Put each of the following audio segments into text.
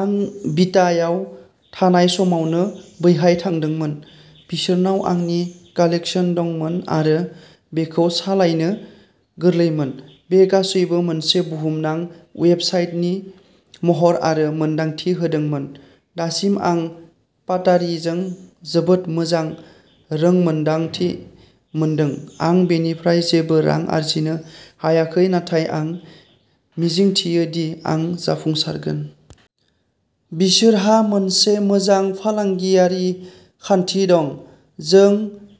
आं बिटायाव थानाय समावनो बैहाय थांदोंमोन। बिसोरनाव आंनि कालेक्सन दंमोन आरो बेखौ सालायनो गोरलैमोन। बे गासैबो मोनसे बुहुमनां वेबसाइटनि महर आरो मोनदांथि होदोंमोन। दासिम आं पातारिजों जोबोद मोजां रोंमोनदांथि मोनदों। आं बेनिफ्राय जेबो रां आर्जिनो हायाखै नाथाय आं मिजिंथियो दि आं जाफुंसारगोन। बिसोरहा मोनसे मोजां फालांगियारि खान्थि दङ। जों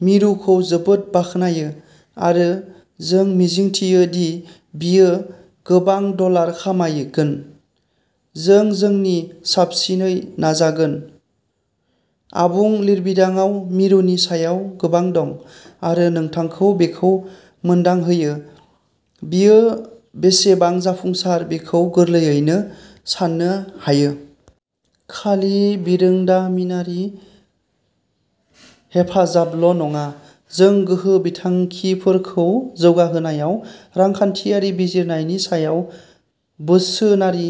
मुरुखौ जोबोद बाख्नायो, आरो जों मिजिंथियो दि बियो गोबां डलार खामायगोन। जों जोंनि साबसिनै नाजागोन। आबुं लिरबिदांआव मुरुनि सायाव गोबां दं, आरो नोंथांखौ बेखौ मोनदांहोयो। बियो बेसेबां जाफुंसार बेखौ गोरलैयैनो साननो हायो। खालि बिरोंदामिनारि हेफाजाबल'नङा, जों गोहो बिथांखिफोरखौ जौगाहोनायाव रांखान्थियारि बिजिरनायनि सायाव बोसोनारि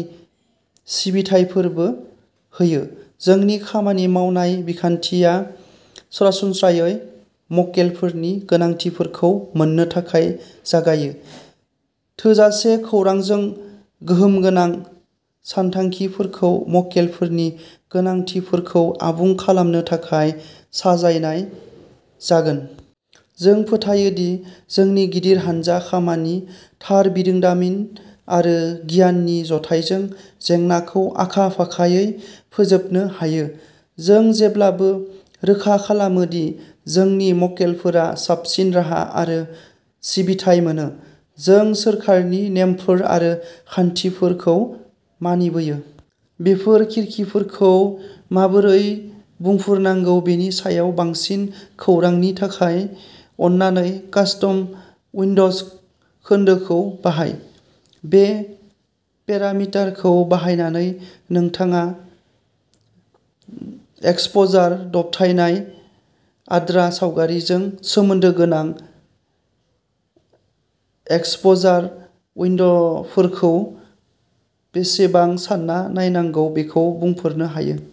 सिबिथाइफोरबो होयो। जोंनि खामानि मावनाय बिखान्थिया सरासनस्रायै मक्केलफोरनि गोनांथिफोरखौ मोन्नो थाखाय जागायो। थोजासे खौरांजों, गोहोमगोनां सानथांखिफोरखौ मक्केलफोरनि गोनांथिफोरखौ आबुं खालामनो थाखाय साजायनाय जागोन। जों फोथायो दि जोंनि गिदिर हानजा खामानि, थार बिरोंदामिन आरो गियाननि जथायजों जेंनाखौ आखा-फाखायै फोजोबनो हायो, जों जेब्लाबो रोखा खालामो दि जोंनि मक्केलफोरा साबसिन राहा आरो सिबिथाइ मोनो। जों सोरखारनि नेमफोर आरो खान्थिफोरखौ मानिबोयो।. बेफोर खिरखिफोरखौ माबोरै बुंफोरनांगौ बेनि सायाव बांसिन खौरांनि थाखाय, अन्नानै कास्टम उइन्ड'ज खोन्दोखौ बाहाय। बे पेरामिटारखौ बाहायनानै, नोंथाङा एक्सप'जार दबथायनाय-आद्रा सावगारिजों सोमोन्दो गोनां एक्सप'जार उइन्ड'फोरखौ बेसेबां सान्ना नायनांगौ बेखौ बुंफोरनो हायो।